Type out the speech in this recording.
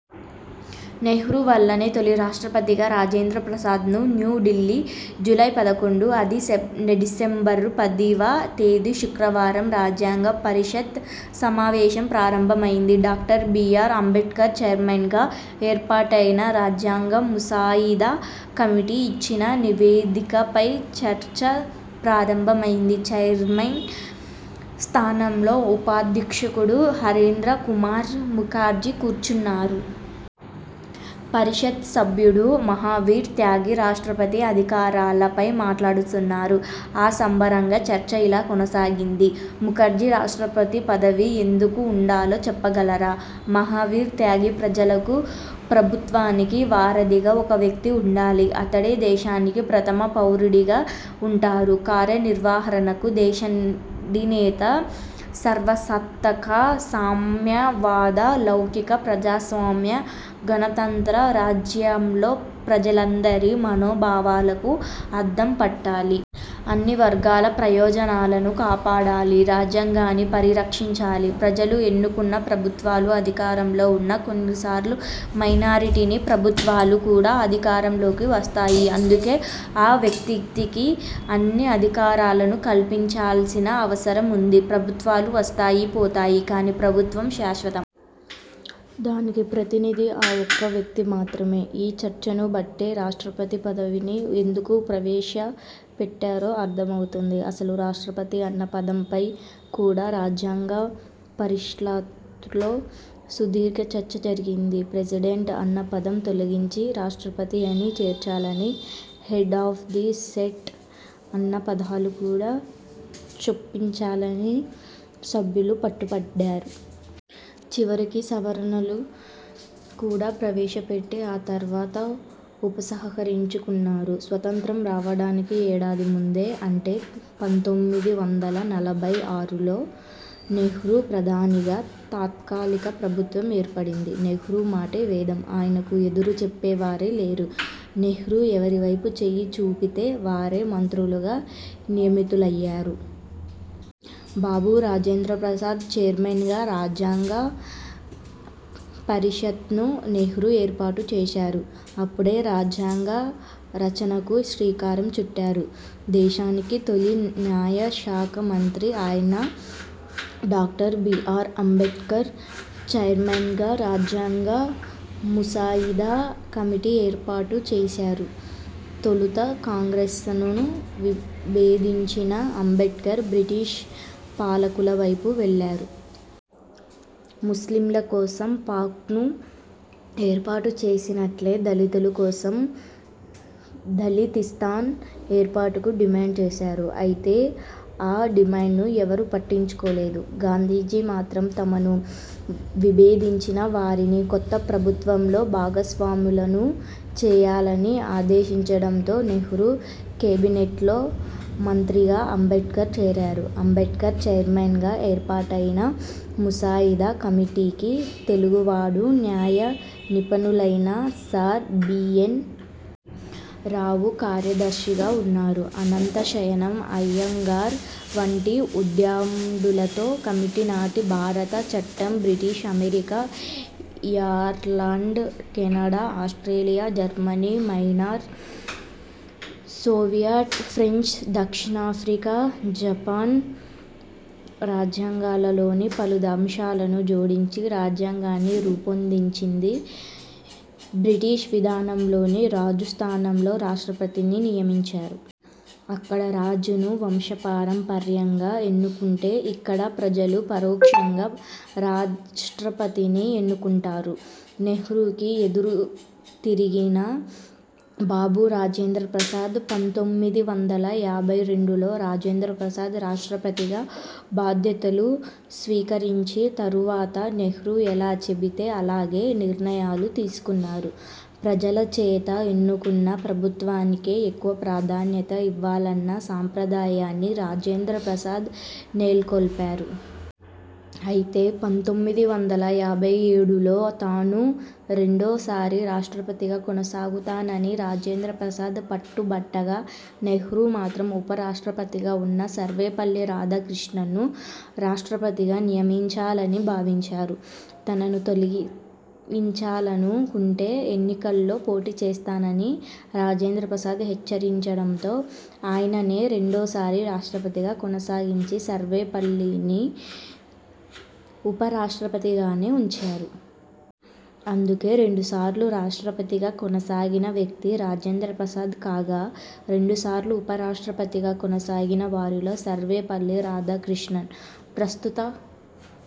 నెహ్రూ వల్లనే తొలి రాష్ట్రపతిగా రాజేంద్రప్రసాద్న్ న్యూ ఢిల్లీ, జూలై పదకొండు 'అది, డిసెంబరు పదివ తేదీ శుక్రవారం. రాజ్యాంగ పరిషత్ సమావేశం ప్రారంభమైంది. డాక్టర్ బీఆర్ అంబేడ్కర్ చైర్మన్గా ఏర్పాటైన రాజ్యాంగ ముసాయిదా కమిటీ ఇచ్చిన నివేదిక పై చర్చ ప్రారంభమైంది. చైర్మన్ స్థానంలో ఉపాధ్యక్షుడు హరేంద్ర కుమార్ ముఖర్జీ కూర్చున్నారు. పరిషత్ సభ్యుడు మహావీర్ త్యాగి రాష్ట్రపతి అధికారాల పై మాట్లాడుతున్నారు, ఆ సందర్భంగా చర్చ ఇలా కొనసాగింది. ముఖర్జీ రాష్ట్రపతి పదవి ఎందుకు ఉండాలో చెప్పగలరా? మహావీర్ త్యాగి 'ప్రజలకు, ప్రభుత్వానికి వారధిగా ఒక వ్యక్తి ఉండాలి. అతడే దేశానికి ప్రథమ పౌరుడిగా ఉంటారు. కార్య నిర్వాహక దేశాధినేత, సర్వసత్తాక, సామ్యవాద, లౌకిక, ప్రజాస్వామ్య, గణతంత్ర రాజ్యంలో ప్రజలందరి మనో భావాలకు అద్దం పట్టాలి. అన్ని వర్గాల ప్రయోజనాలను కాపాడాలి. రాజ్యాంగాన్ని పరి రక్షించాలి. ప్రజలు ఎన్నుకున్న ప్రభుత్వాలు అధికారంలో ఉన్నా, కొన్ని సార్లు మైనారిటీ ప్రభుత్వాలు కూడా అధికారం లోకి వస్తాయి. అందుకే ఆ వ్యక్తికి అన్ని అధికారాలను కల్పించాల్సిన అవసరం ఉంది. ప్రభుత్వాలు వస్తాయి, పోతాయి. కానీ ప్రభుత్వం శాశ్వతం. దానికి ప్రతినిధి ఆ ఒక్క వ్యక్తి మాత్రమే ఈ చర్చను బట్టే రాష్ట్రపతి పదవిని ఎందుకు ప్రవేశ పెట్టారో అర్ధం అవుతుంది. అసలు రాష్ట్రపతి అన్న పదంపై కూడా రాజ్యాంగ పరిషత్లో సుదీర్ఘ చర్చ జరిగింది. ప్రెసిడెంట్ అన్న పదం తొలగించి రాష్ట్రపతి అని చేర్చాలని, హెడ్ ఆఫ్ ది స్టేట్ అన్న పదాలు కూడా చొప్పించాలని సభ్యులు పట్టు బట్టారు. చివరికి సవరణలు కూడా ప్రవేశ పెట్టి ఆ తర్వాత ఉపసంహరించుకున్నారు. స్వాతంత్య్రం రావడానికి ఏడాది ముందే, అంటే పంతొమ్మిది వందల నలభై ఆరులో నెహ్రూ ప్రధానిగా తాత్కాలిక ప్రభుత్వం ఏర్పడింది. నెహ్రూ మాటే వేదం. ఆయనకు ఎదురు చెప్పేవారే లేరు. నెహ్రూ ఎవరి వైపు చేయి చూపితే వారే మంత్రులుగా నియమితులయ్యారు. బాబూ రాజేంద్రప్రసాద్ చైర్మన్గా రాజ్యాంగ పరిషత్ను నెహ్రూ ఏర్పాటు చేశారు. అప్పుడే రాజ్యాంగ రచనకు శ్రీకారం చుట్టారు. దేశానికి తొలి న్యాయ శాఖ మంత్రి అయిన డాక్టర్ బీఆర్ అంబేడ్కర్ చైర్మన్గా రాజ్యాంగ ముసాయిదా కమిటీ ఏర్పాటు చేశారు. తొలుత కాంగ్రె్సను విభేదించిన అంబేడ్కర్ బ్రిటిష్ పాలకుల వైపు వెళ్లారు. ముస్లింల కోసం పాక్ను ఏర్పాటు చేసినట్లే దళితుల కోసం దళితిస్తాన్ ఏర్పాటుకు డిమాండ్ చేశారు. అయితే ఆ డిమాండ్ను ఎవరూ పట్టించు కోలేదు. గాంధీజీ మాత్రం తమను విభేదించిన వారినీ కొత్త ప్రభుత్వంలో భాగస్వాములను చేయాలని ఆదేశించడంతో నెహ్రూ కేబినెట్లో మంత్రిగా అంబేడ్కర్ చేరారు. అంబేడ్కర్ చైర్మన్గా ఏర్పాటైన ముసాయిదా కమిటీకి తెలుగు వాడు, న్యాయ నిపుణులైన సర్ బిఎన్. రావు కార్యదర్శిగా ఉన్నారు. అనంత శయనం అయ్యంగార్ వంటి ఉద్ధండులతో కమిటీ నాటి భారత చట్టం, British, America, Ireland, Canada, Australia, Germany Weimar, Soviet, French, దక్షిణాఫ్రికా, జపాన్ రాజ్యాంగాల లోని పలు అంశాలను జోడించి రాజ్యాంగాన్ని రూపొందించింది. బ్రిటిష్ విధానంలోని రాజు స్థానంలో రాష్ట్రపతిని నియమించారు. అక్కడ రాజును వంశపారం పర్యంగా ఎన్నుకుంటే ఇక్కడ ప్రజలు పరోక్షంగా రాష్ట్రపతిని ఎన్నుకుంటారు. నెహ్రూకి ఎదురు తిరిగిన బాబూ రాజేంద్రప్రసాద్ పంతొమ్మిది వందల యాభై రెండులో రాజేంద్ర ప్రసాద్ రాష్ట్రపతిగా బాధ్యతలు స్వీకరించిన తరువాత నెహ్రూ ఎలా చెబితే అలాగే నిర్ణయాలు తీసుకున్నారు. ప్రజల చేత ఎన్నుకున్న ప్రభుత్వానికే ఎక్కువ ప్రాధాన్యత ఇవ్వాలన్న సంప్రదాయాన్ని రాజేంద్ర ప్రసాద్ నెల కొల్పారు. అయితే పంతొమ్మిది వందల యాభై ఏడులో తాను రెండో సారి రాష్ట్రపతిగా కొనసాగుతానని రాజేంద్రప్రసాద్ పట్టు బట్టగా, నెహ్రూ మాత్రం ఉప రాష్ట్రపతిగా ఉన్న సర్వేపల్లి రాధాకృష్ణన్ను రాష్ట్రపతిగా నియమించాలని భావించారు. తనను తొలగించాలను కుంటే ఎన్నికల్లో పోటీ చేస్తానని రాజేంద్ర ప్రసాద్ హెచ్చరించడంతో ఆయననే రెండో సారి రాష్ట్రపతిగా కొనసాగించి, సర్వేపల్లిని ఉప రాష్ట్రపతిగానే ఉంచారు. అందుకే రెండు సార్లు రాష్ట్రపతి గా కొనసాగిన వ్యక్తి రాజేంద్ర ప్రసాద్ కాగా, రెండు సార్లు ఉప రాష్ట్రపతిగా కొనసాగిన వారిలో సర్వేపల్లి రాధాకృష్ణన్, ప్రస్తుత